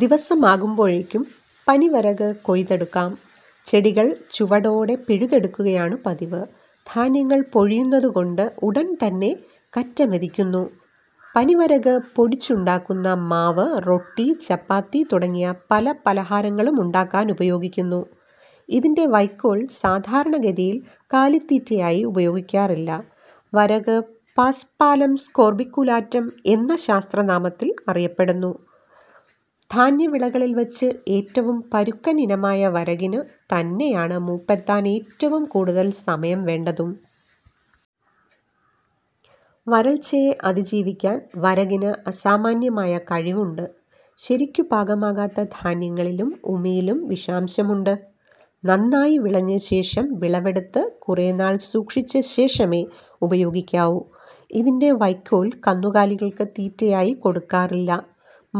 ദിവസമാകുമ്പോഴേക്കും പനിവരക് കൊയ്തെടുക്കാം. ചെടികൾ ചുവടോടെ പിഴുതെടുക്കുകയാണു പതിവ്. ധാന്യങ്ങൾ പൊഴിയുന്നതുകൊണ്ട് ഉടൻതന്നെ കറ്റ മെതിക്കുന്നു. പനിവരക് പൊടിച്ചുണ്ടാക്കുന്ന മാവ് റൊട്ടി, ചപ്പാത്തി തുടങ്ങിയ പല പലഹാരങ്ങളുണ്ടാക്കാനുപയോഗിക്കുന്നു. ഇതിന്റെ വയ്ക്കോൽ സാധാരണഗതിയിൽ കാലിത്തീറ്റയായി ഉപയോഗിക്കാറില്ല. വരക് പസ്പാലം സ്കോർബിക്കുലാറ്റം എന്ന ശാസ്ത്രനാമത്തിൽ അറിയപ്പെടുന്നു. ധാന്യവിളകളിൽവച്ച് ഏറ്റവും പരുക്കൻ ഇനമായ വരകിനു തന്നെയാണ് മൂപ്പെത്താൻ ഏറ്റവും കൂടുതൽ സമയം വേണ്ടതും. വരൾച്ചയെ അതിജീവിക്കാൻ വരകിന് അസാമാന്യമായ കഴിവുണ്ട്. ശരിക്കു പാകമാകാത്ത ധാന്യങ്ങളിലും ഉമിയിലും വിഷാംശമുണ്ട്. നന്നായി വിളഞ്ഞശേഷം വിളവെടുത്ത് കുറേനാൾ സൂക്ഷിച്ചശേഷമേ ഉപയോഗിക്കാവൂ. ഇതിന്റെ വയ്ക്കോൽ കന്നുകാലികൾക്ക് തീറ്റയായി കൊടുക്കാറില്ല.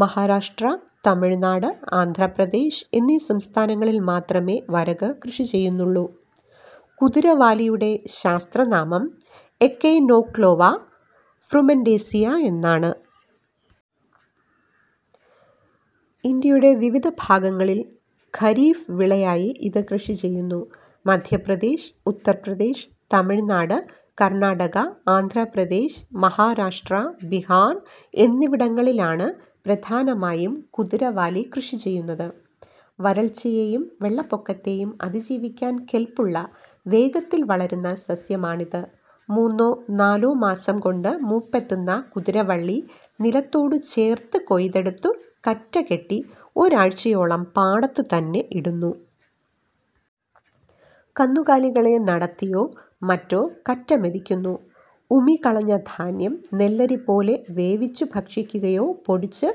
മഹാരാഷ്ട്ര, തമിഴ്നാട്, ആന്ധ്രപ്രദേശ് എന്നീ സംസ്ഥാനങ്ങളിൽ മാത്രമേ വരക് കൃഷി ചെയ്യുന്നുള്ളൂ. കുതിരവാലിയുടെ ശാസ്ത്രനാമം: എക്കൈനോക്ളോവ ഫ്രുമെന്റേസിയ എന്നാണ്. ഇന്ത്യയുടെ വിവിധ ഭാഗങ്ങളിൽ ഖരീഫ് വിളയായി ഇത് കൃഷിചെയ്യുന്നു. മധ്യപ്രദേശ്, ഉത്തർപ്രദേശ്, തമിഴ്നാട്, കർണാടക, ആന്ധ്രപ്രദേശ്, മഹാരാഷ്ട്ര, ബിഹാർ എന്നിവിടങ്ങളിലാണ് പ്രധാനമായും കുതിരവാലി കൃഷിചെയ്യുന്നത്. വരൾച്ചയെയും വെള്ളപ്പൊക്കത്തെയും അതിജീവിക്കാൻ കെല്പുള്ള, വേഗത്തിൽ വളരുന്ന സസ്യമാണിത്. മൂന്നോ നാലോ മാസംകൊണ്ട് മൂപ്പെത്തുന്ന കുതിരവള്ളി നിലത്തോടു ചേർത്ത് കൊയ്തെടുത്തു കറ്റകെട്ടി ഒരാഴ്ചയോളം പാടത്തുതന്നെ ഇടുന്നു. കന്നുകാലികളെ നടത്തിയോ മറ്റോ കറ്റ മെതിക്കുന്നു. ഉമി കളഞ്ഞ ധാന്യം നെല്ലരി പോലെ വേവിച്ചു ഭക്ഷിക്കുകയോ പൊടിച്ച്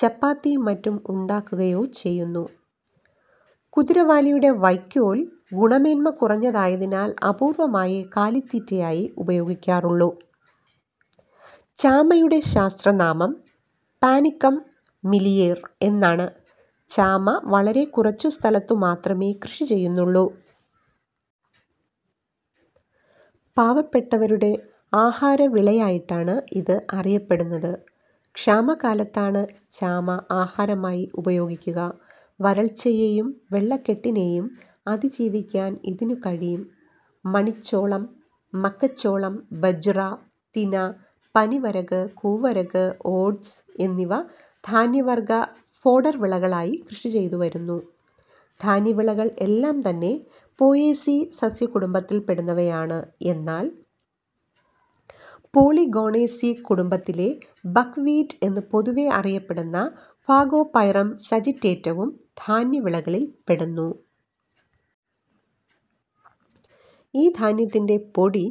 ചപ്പാത്തിയും മറ്റും ഉണ്ടാക്കുകയോ ചെയ്യുന്നു. കുതിരവാലിയുടെ വയ്ക്കോൽ ഗുണമേന്മ കുറഞ്ഞതായതിനാൽ അപൂർവമായേ കാലിത്തീറ്റയായി ഉപയോഗിക്കാറുള്ളൂ. ചാമയുടെ ശാസ്ത്രനാമം: പാനിക്കം മിലിയേർ. എന്നാണ്. ചാമ വളരെ കുറച്ചു സ്ഥലത്തു മാത്രമേ കൃഷിചെയ്യുന്നുള്ളൂ. പാവപ്പെട്ടവരുടെ ആഹാരവിളയായിട്ടാണ് ഇത് അറിയപ്പെടുന്നത്. ക്ഷാമകാലത്താണ് ചാമ ആഹാരമായി ഉപയോഗിക്കുക. വരൾച്ചയെയും വെള്ളക്കെട്ടിനെയും അതിജീവിക്കാൻ ഇതിനു കഴിയും. മണിച്ചോളം, മക്കച്ചോളം, ബജ്റ, തിന, പനിവരക്, കൂവരക്, ഓട്സ് എന്നിവ ധാന്യവർഗ ഫോഡർ വിളകളായി കൃഷിചെയ്തുവരുന്നു. ധാന്യവിളകൾ എല്ലാംതന്നെ പോയേസീ സസ്യകുടുംബത്തിൽപ്പെടുന്നവയാണ്. എന്നാൽ പോളിഗോണേസീ കുടുംബത്തിലെ ബക് വീറ്റ് എന്ന് പൊതുവേ അറിയപ്പെടുന്ന ഫാഗോപൈറം സജിറ്റേറ്റവും ധാന്യവിളകളിൽപ്പെടുന്നു. ഈ ധാന്യത്തിന്റെ പൊടി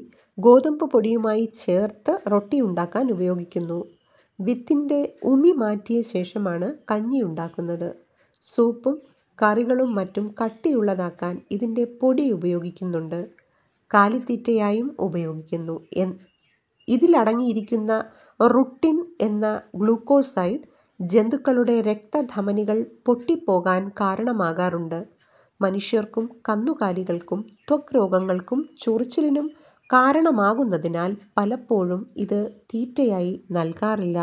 ഗോതമ്പുപൊടിയുമായിച്ചേർത്ത് റൊട്ടിയുണ്ടാക്കാനുപയോഗിക്കുന്നു. വിത്തിന്റെ ഉമി മാറ്റിയശേഷമാണ് കഞ്ഞിയുണ്ടാക്കുന്നത്. സൂപ്പും കറികളും മറ്റും കട്ടിയുള്ളതാക്കാൻ ഇതിന്റെ പൊടി ഉപയോഗിക്കുന്നുണ്ട്. കാലിത്തീറ്റയായും ഉപയോഗിക്കുന്നു. ഇതിൽ അടങ്ങിയിരിക്കുന്ന റുട്ടിൻ എന്ന ഗ്ളൂക്കോസൈഡ് ജന്തുക്കളുടെ രക്തധമനികൾ പൊട്ടിപ്പോകാൻ കാരണമാകാറുണ്ട്. മനുഷ്യർക്കും കന്നുകാലികൾക്കും ത്വഗ്രോഗങ്ങൾക്കും ചൊറിച്ചിലിനും കാരണമാകുന്നതിനാൽ പലപ്പോഴും ഇത് തീറ്റയായി നല്കാറില്ല.